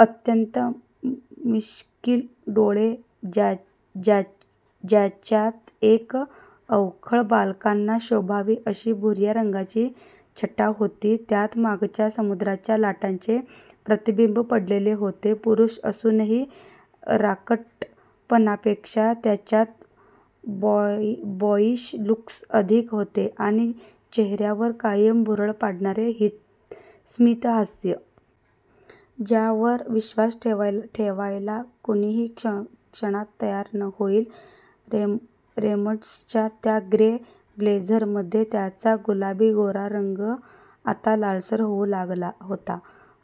अत्यंत मिश्कील डोळे, ज्यांच्यात एक अवखळ, बालकांना शोभावी अशी भुर्या रंगाची छटा होती, त्यांत मागच्या समुद्राच्या लाटांचे प्रतिबिंब पडलेले होते. पुरूष असूनही राकटपणापेक्षा त्याच्यात बॉयीश लूक्स अधिक होते. आणि चेहर्यावर कायम भुरळ पाडणारे स्मितहास्य! ज्यावर विश्वास ठेवायला कुणीही क्षणात तयार होईल! रेमंड्सच्या त्या ग्रे ब्लेझरमध्ये त्याचा गुलाबी गोरा रंग आता लालसर होऊ लागला होता.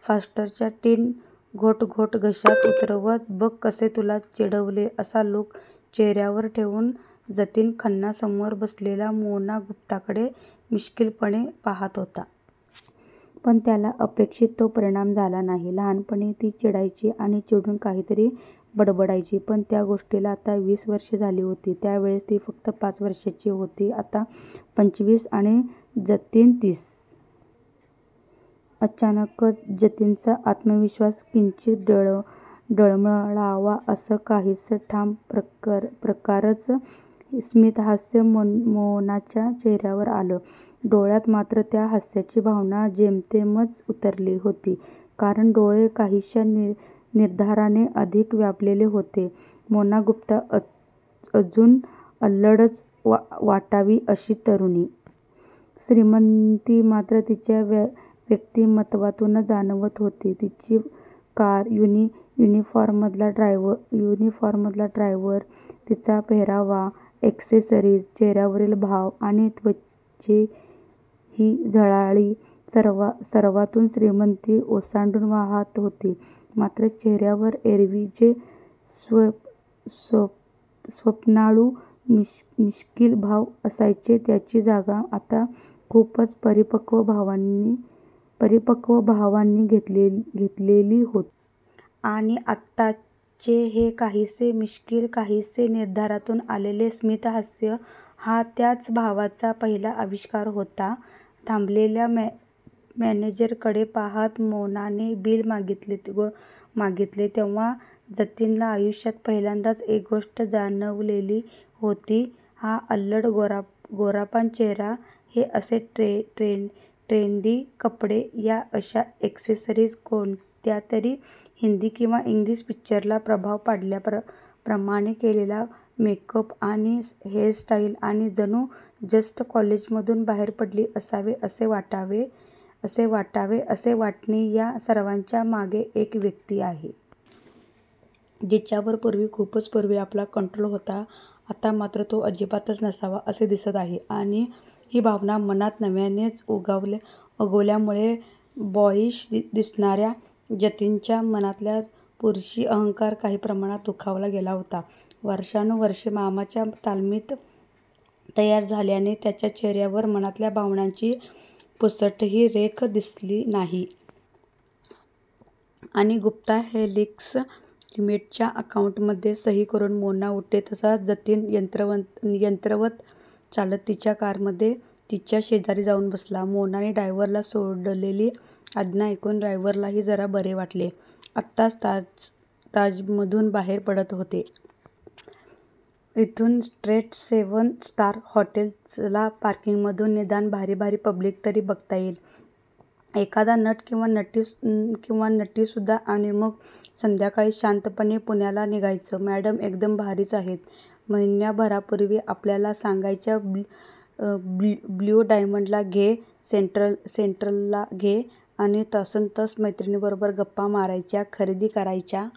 फॉस्टरचा टिन घोट घोट घशात उतरवत 'बघ कसे तुला चिडवले' असा लूक चेहर्यावर ठेवून जतीन खन्ना समोर बसलेल्या मोना गुप्ताकडे मिश्कीलपणे पाहात होता. पण त्याला अपेक्षित तो परिणाम झाला नाही. लहानपणी ती चिडायची आणि चिडून काहीतरी बडबडायची. पण त्या गोष्टीला आता वीस वर्षे झाली होती. त्यावेळेस ती फक्त पाच वर्षांची होती. आता पंचवीस! आणि जतीन तीस! अचानकच, जतीनचा आत्मविश्वास किंचित डळमळावा असं काहीसं ठाम प्रकारचं स्मितहास्य मोनाच्या चेहर्यावर आलं! डोळ्यात मात्र त्या हास्याची भावना जेमतेमच उतरली होती. कारण डोळे काहीश्या निर्धाराने अधिक व्यापलेले होते. मोना गुप्ता! अजून अल्लडच वाटावी अशी तरुणी! श्रीमंती मात्र तिच्या व्यक्तीमत्वातूनच जाणवत होती. तिची कार, युनिफॉर्ममधला ड्रायव्हर, तिचा पेहेराव, अॅक्सेसरीज, चेहर्यावरील भाव आणि त्वचेही झळाळी! सर्वातून श्रीमंती ओसंडून वाहात होती. मात्र चेहर्यावर एरवी जे स्वप्नाळू, मिश्कील भाव असायचे त्यांची जागा आता खूपच परिपक्व भावांनी घेतलेली होती. आणि आत्ताचे हे काहीसे मिश्कील, काहीसे निर्धारातून आलेले स्मितहास्य हा त्याच भावांचा पहिला आविष्कार होता. थांबलेल्या मॅनेजरकडे पाहात मोनाने बिल मागीतले तेव्हा जतीनला आयुष्यात पहिल्यांदाच एक गोष्ट जाणवलेली होती. हा अल्लड गोरापान चेहरा, हे असे ट्रेंडी कपडे, या अशा अॅक्सेसरीज, कोणत्यातरी हिंदी किंवा इंग्लीश पिक्चरचा प्रभाव असल्याप्रमाणे केलेला मेक अप आणि हेअर स्टाईल आणि जणू जस्ट कॉलेजमधून बाहेर पडली असावे असे वाटावे असे वागणे या सर्वाच्या मागे एक व्यक्ती आहे. जिच्यावर पुर्वी, खूपच पुर्वी आपला कंट्रोल होता आता मात्र तो अजिबातच नसावा असे दिसत आहे. आणि ही भावना मनात नव्यानेच उगवल्यामुळे बॉयीश दिसणार्या जतीनच्या मनातला पुरुषी अहंकार काही प्रमाणात दुखावला गेला होता. वर्षानुवर्षे मामांच्या तालमीत तयार झाल्याने त्याच्या चेहर्यावर मनातल्या भावनांची पुसटही रेघ दिसली नाही. आणि गुप्ता हेलिक्स लिमिटेडच्या अकाउंटमध्ये सही करून मोना उठली तसा जतीन यंत्रवत चालत तिच्या कारमध्ये तिच्या शेजारी जाऊन बसला. मोनाने ड्रायव्हरला सोडलेली आज्ञा ऐकून ड्रायव्हरलाही जरा बरे वाटले. आत्ताच ताजमधून बाहेर पडत होते. इथून स्ट्रेट सेव्हन स्टार हॉटेल! चला! पार्किंगमधून निदान भारी भारी पब्लिक तरी बघता येईल. एखादा नट किंवा नटीसुद्धा! आणि मग संध्याकाळी शांतपणे पुण्याला निघायचं! मॅडम एकदम भारीच आहेत. महिन्याभरापुर्वी आपल्याला सांगायच्या ब्ल्यू डायमंडला घे, सेंट्रलला घे! आणि तासनतास मैत्रिणींबरोबर गप्पा मारायच्या, खरेदी करायच्या--